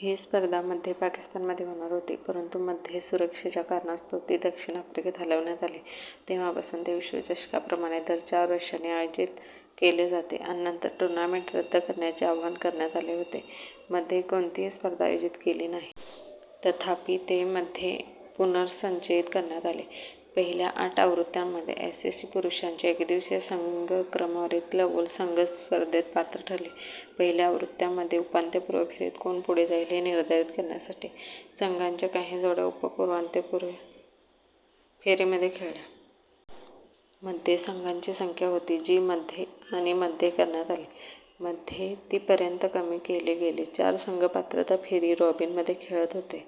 ही स्पर्धा मध्ये पाकिस्तानमध्ये होणार होती परंतु मध्ये सुरक्षेच्या कारणास्तव ती दक्षिण आफ्रिकेत हलवण्यात आली. तेव्हापासून ते विश्वचषकाप्रमाणे दर चार वर्षांनी आयोजित केले जाते. आणि नंतर टूर्नामेंट रद्द करण्याचे आवाहन करण्यात आले होते, मध्ये कोणतीही स्पर्धा आयोजित केली नाही. तथापि, ते मध्ये पुनर्संचयित करण्यात आले. पहिल्या आठ आवृत्त्यांमध्ये, आयसीसी पुरुषांच्या एकदिवसीय संघ क्रमवारीतील अव्वल संघ स्पर्धेत पात्र ठरले. पहिल्या आवृत्त्यांमध्ये, उपांत्यपूर्व फेरीत कोण पुढे जाईल हे निर्धारित करण्यासाठी संघांच्या काही जोड्या उप-उपांत्यपूर्व फेरीमध्ये खेळल्या. मध्ये संघांची संख्या होती, जी मध्ये आणि मध्ये करण्यात आली. मध्ये, ते पर्यंत कमी केले गेले, चार संघ पात्रता फेरी-रॉबिनमध्ये खेळत होते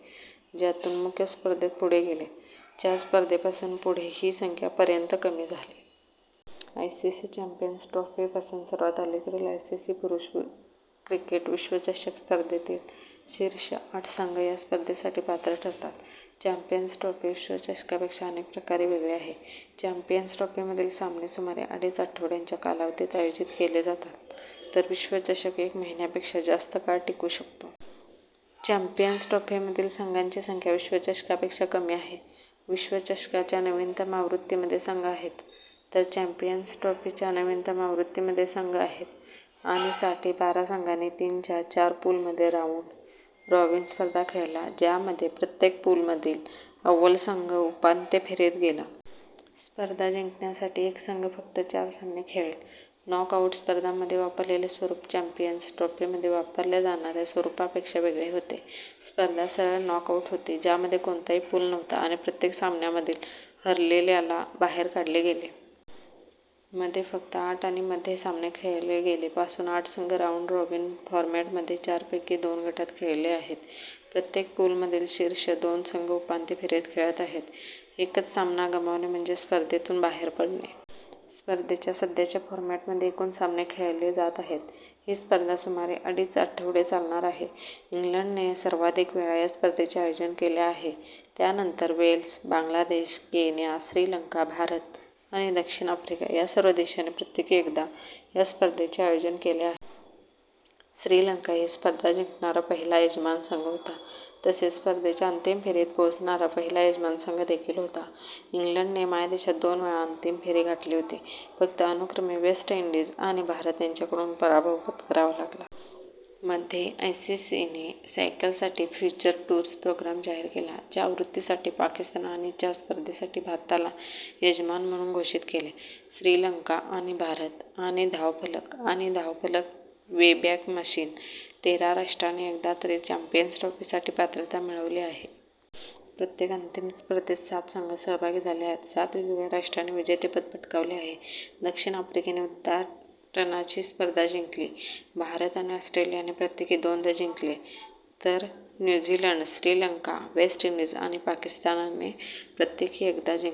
ज्यातून मुख्य स्पर्धेत पुढे गेले. च्या स्पर्धेपासून पुढे ही संख्या पर्यंत कमी झाली. आयसीसी चॅम्पियन्स ट्रॉफी पासून, सर्वात अलीकडील आयसीसी पुरुष क्रिकेट विश्वचषक स्पर्धेतील शीर्ष आठ संघ या स्पर्धेसाठी पात्र ठरतात. चॅम्पियन्स ट्रॉफी विश्वचषकापेक्षा अनेक प्रकारे वेगळी आहे. चॅम्पियन्स ट्रॉफीमधील सामने सुमारे अडीच आठवड्यांच्या कालावधीत आयोजित केले जातात, तर विश्वचषक एक महिन्यापेक्षा जास्त काळ टिकू शकतो. चॅम्पियन्स ट्रॉफीमधील संघांची संख्या विश्वचषकापेक्षा कमी आहे, विश्वचषकाच्या नवीनतम आवृत्तीमध्ये संघ आहेत तर चॅम्पियन्स ट्रॉफीच्या नवीनतम आवृत्तीमध्ये संघ आहेत. आणि साठी, बारा संघांनी तीनच्या चार पूलमध्ये राऊंड-रॉबिन स्पर्धा खेळला, ज्यामध्ये प्रत्येक पूलमधील अव्वल संघ उपांत्य फेरीत गेला. स्पर्धा जिंकण्यासाठी एक संघ फक्त चार सामने खेळेल. नॉक आउट स्पर्धांमध्ये वापरलेले स्वरूप चॅम्पियन्स ट्रॉफीमध्ये वापरल्या जाणाऱ्या स्वरूपापेक्षा वेगळे होते. स्पर्धा सरळ नॉकआउट होती, ज्यामध्ये कोणताही पूल नव्हता आणि प्रत्येक सामन्यामधील हरलेल्याला बाहेर काढले गेले. मध्ये फक्त आठ आणि मध्ये सामने खेळले गेले. पासून, आठ संघ राऊंड-रॉबिन फॉरमॅटमध्ये चारपैकी दोन गटात खेळले आहेत, प्रत्येक पूलमधील शीर्ष दोन संघ उपांत्य फेरीत खेळत आहेत. एकच सामना गमावणे म्हणजे स्पर्धेतून बाहेर पडणे. स्पर्धेच्या सध्याच्या फॉरमॅटमध्ये एकूण सामने खेळले जात आहेत, ही स्पर्धा सुमारे अडीच आठवडे चालणार आहे. इंग्लंडने सर्वाधिक वेळा या स्पर्धेचे आयोजन केले आहे त्यानंतर वेल्स. बांगलादेश, केन्या, श्रीलंका, भारत आणि दक्षिण आफ्रिका या सर्व देशांनी प्रत्येकी एकदा या स्पर्धेचे आयोजन केले आहे. श्रीलंका ही स्पर्धा जिंकणारा पहिला यजमान संघ होता, तसेच स्पर्धेच्या अंतिम फेरीत पोहोचणारा पहिला यजमान संघ देखील होता. इंग्लंडने मायदेशात दोन वेळा अंतिम फेरी गाठली होती, फक्त अनुक्रमे वेस्ट इंडीज आणि भारत यांच्याकडून पराभव पत्करावा लागला. मध्ये; आयसीसीने सायकलसाठी फ्युचर टूर्स प्रोग्राम जाहीर केला, च्या आवृत्तीसाठी पाकिस्तान आणि च्या स्पर्धेसाठी भारताला यजमान म्हणून घोषित केले. श्रीलंका / आणि / भारत / आणि / धावफलक आणि धावफलक वेबॅक मशीन. तेरा राष्ट्रांनी एकदा तरी चॅम्पियन्स ट्रॉफीसाठी पात्रता मिळवली आहे. प्रत्येक अंतिम स्पर्धेत सात संघ सहभागी झाले आहेत. सात वेगवेगळ्या राष्ट्रांनी विजेतेपद पटकावले आहे. दक्षिण आफ्रिकेने उद्घाटनाची स्पर्धा जिंकली, भारत आणि ऑस्ट्रेलियाने प्रत्येकी दोनदा जिंकले, तर new Zealand, Sri Lanka, West Indies आणि पाकिस्तानने प्रत्येकी एकदा जिंकले.